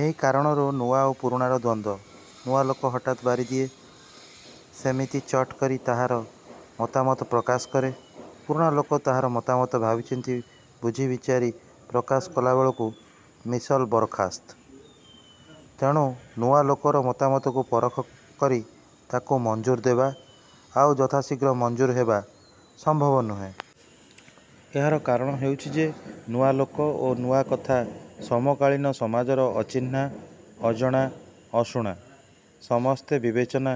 ଏହି କାରଣରୁ ନୂଆ ଓ ପୁରୁଣାର ଦ୍ୱନ୍ଦ୍ୱ। ନୂଆ ଲୋକ ହଠାତ୍ ବାରିଦିଏ-ସେମିତି ଚଟ୍ କରି ତାହାର ମତାମତ ପ୍ରକାଶ କରେ। ପୁରୁଣା ଲୋକ-ତାହାର ମତାମତ ଭାବିଚିନ୍ତି ବୁଝି ବିଚାରି ପ୍ରକାଶ କଲାବେଳକୁ ମିସଲ୍ ବରଖାସ୍ତ। ତେଣୁ ନୂଆ ଲୋକର ମତାମତକୁ ପରଖ କରି ତାକୁ ମଞ୍ଜୁର ଦେବା-ଆଉ ଯଥା ଶୀଘ୍ର ମଞ୍ଜୁର ହେବା-ସମ୍ଭବ ନୁହେଁ। ଏହାର କାରଣ ହେଉଛି ଯେ ନୂଆ ଲୋକ ଓ ନୂଆ କଥା ସମକାଳୀନ ସମାଜର ଅଚିହ୍ନା-ଅଜଣା-ଅଶୁଣା। ସମସ୍ତେ ବିବେଚନା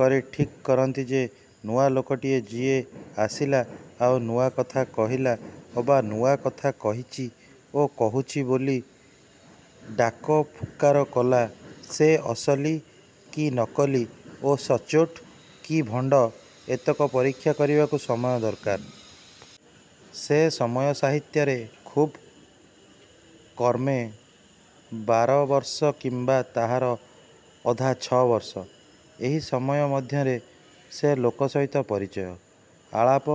କରି ଠିକ୍ କରନ୍ତି ଯେ ନୂଆ ଲୋକଟି ଯିଏ ଆସିଲା ଆଉ ନୂଆ କଥା କହିଲା ଅବା ନୂଆ କଥା କହିଛି ଓ କହୁଛି ବୋଲି ଡାକଫୁକାର କଲା ସେ ଅସଲି କି ନକଲି ଓ ସଚ୍ଚୋଟ କି ଭଣ୍ଡ ଏତକ ପରୀକ୍ଷା କରିବାକୁ ସମୟ ଦରକାର। ସେ ସମୟ ସାହିତ୍ୟରେ ଖୁବ୍ କମ୍ରେ ବାରବର୍ଷ କିମ୍ବା ତାହାର ଅଧା ଛଅବର୍ଷ। ଏହି ସମୟ ମଧ୍ୟରେ ସେ ଲୋକ ସହିତ ପରିଚୟ, ଆଳାପ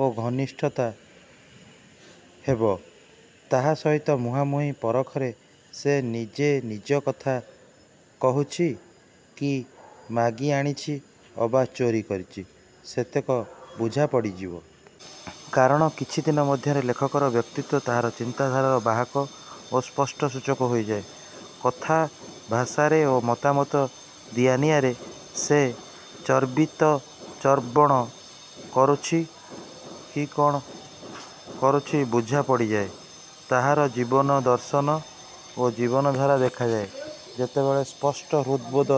ଓ ଘନିଷ୍ଠତା ହେବ। ତାହା ସହିତ ମୁହାଁମୁହିଁ ପରଖରେ ସେ ନିଜେ ନିଜ କଥା କହୁଛି କି ମାଗି ଆଣିଛି ଅବା ଚୋରି କରିଛି-ସେତକ ବୁଝା ପଡ଼ିଯିବ। କାରଣ କିଛି ଦିନ ମଧ୍ୟରେ ଲେଖକର ବ୍ୟକ୍ତିତ୍ୱ ତାହାର ଚିନ୍ତାଧାରାର ବାହକ ଓ ସ୍ପଷ୍ଟ ସୂଚକ ହୋଇଯାଏ। କଥା ଭାଷାରେ ଓ ମତାମତ ଦିଆନିଆରେ ସେ ଚର୍ବିତଚର୍ବଣ କରୁଛି କି କ'ଣ କରୁଛି ବୁଝାପଡ଼ିଯାଏ। ତାହାର ଜୀବନ ଦର୍ଶନ ଓ ଜୀବନର ଧାରା ଦେଖାଯାଏ। ଯେତେବେଳେ ସ୍ପଷ୍ଟ ହୃଦବୋଧ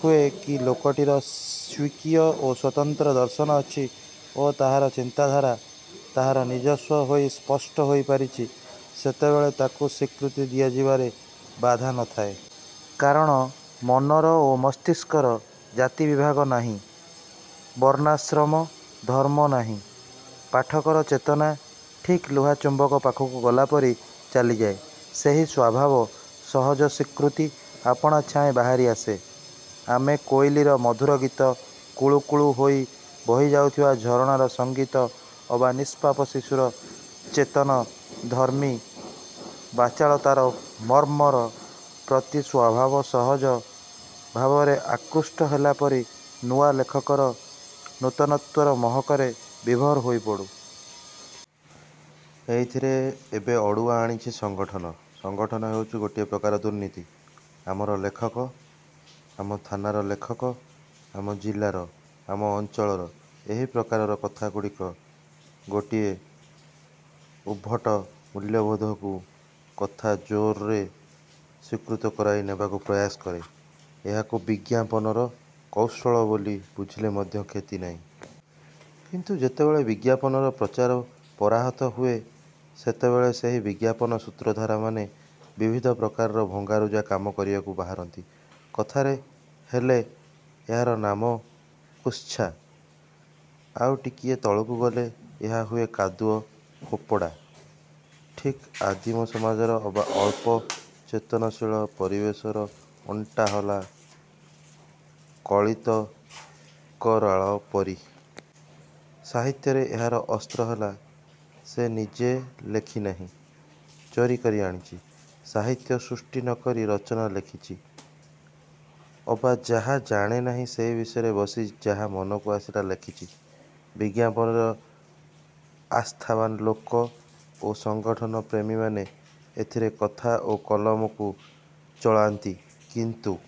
ହୁଏ କି ଲୋକଟିର ସ୍ୱକୀୟ ଓ ସ୍ୱତନ୍ତ୍ର ଦର୍ଶନ ଅଛି ଓ ତାହାର ଚିନ୍ତାଧାରା ତାହାର ନିଜସ୍ୱ ହୋଇ ସ୍ପଷ୍ଟ ହୋଇ ପାରିଛି ସେତେବେଳେ ତାକୁ ସ୍ୱୀକୃତି ଦିଆଯିବାରେ ବାଧା ନ ଥାଏ। କାରଣ ମନର ଓ ମସ୍ତିଷ୍କର ଜାତିବିଭାଗ ନାହିଁ। ବର୍ଣ୍ଣାଶ୍ରମ ଧର୍ମ ନାହିଁ। ପାଠକର ଚେତନା ଠିକ୍ ଲୁହା ଚୁମ୍ବକ ପାଖକୁ ଗଲାପରି ଚାଲିଯାଏ। ସେହି ସ୍ୱାଭାବ ସହଜ ସ୍ୱୀକୃତି ଆପଣା ଛାଏଁ ବାହାରି ଆସେ-ଆମେ କୋଇଲିର ମଧୁର ଗୀତ, କୁଳୁକୁଳୁ ହେଇ ବହିଯାଉଥିବା ଝରଣାର ସଙ୍ଗୀତ ଅବା ନିଷ୍ପାପ ଶିଶୁର ଚେତନ-ଧର୍ମୀ ବାଚାଳତାର ମର୍ମର ପ୍ରତି ସ୍ୱଭାବ ସହଜ ଭାବରେ ଆକୃଷ୍ଟ ହେଲା ପରି ନୂଆ ଲେଖକର ନୂତନତ୍ୱର ମହକରେ ବିଭୋର ହୋଇପଡ଼ୁ। ଏଇଥିରେ ଏବେ ଅଡ଼ୁଆ ଆଣିଛି ସଂଗଠନ। ସଂଗଠନ ହେଉଛି ଗୋଟାଏ ପ୍ରକାର ଦୁର୍ନୀତି। ଆମର ଲେଖକ-ଆମ ଥାନାର ଲେଖକ-ଆମ ଜିଲ୍ଲାର-ଆମ ଅଞ୍ଚଳର-ଏହି ପ୍ରକାରର କଥାଗୁଡ଼ିକ ଗୋଟିଏ ଉଦ୍ଭଟ ମୂଲ୍ୟବୋଧକୁ କଥା ଜୋରରେ ସ୍ୱୀକୃତ କରାଇ ନେବାକୁ ପ୍ରୟାସ କରେ। ଏହାକୁ ବିଜ୍ଞାପନର କୌଶଳ ବୋଲି ବୁଝିଲେ ମଧ୍ୟ କ୍ଷତି ନାହିଁ। କିନ୍ତୁ ଯେତେବେଳେ ବିଜ୍ଞାପନର ପ୍ରଚାର ପରାହତ ହୁଏ ସେତେବେଳେ ସେହି ବିଜ୍ଞାପନର ସୂତ୍ରଧରମାନେ ବିବିଧ ପ୍ରକାରର ଭଙ୍ଗାରୁଜା କାମ କରିବାକୁ ବାହାରନ୍ତି। କଥାରେ ହେଲେ ଏହାର ନାମ କୁତ୍ସା। ଆଉ ଟିକିଏ ତଳକୁ ଗଲେ ଏହା ହୁଏ କାଦୁଅ ଫୋପଡ଼ା। ଠିକ୍ ଆଦିମ ସମାଜର ଅବା ଅଳ୍ପ ଚେତନଶୀଳ ପରିବେଶର ଅଣ୍ଟାହଲା କଳିତକରାଳ ପରି। ସାହିତ୍ୟରେ ଏହାର ଅସ୍ତ୍ର ହେଲା-ସେ ନିଜେ ଲେଖି ନାହିଁ। ଚୋରି କରି ଆଣିଛି। ସାହିତ୍ୟ ସୃଷ୍ଟି ନ କରି ରଚନା ଲେଖିଛି। ଅବା ଯାହା ଜାଣେ ନାହିଁ ସେହି ବିଷୟରେ ବସି ଯାହା ମନକୁ ଆସିଲା ଲେଖିଛି। ବିଜ୍ଞାପନରେ ଆସ୍ଥାବାନ୍ ଲୋକେ ଓ ସଂଗଠନ-ପ୍ରେମୀମାନେ ଏଥିରେ କଥା ଓ କଲମକୁ ଚଳାନ୍ତି। କିନ୍ତୁ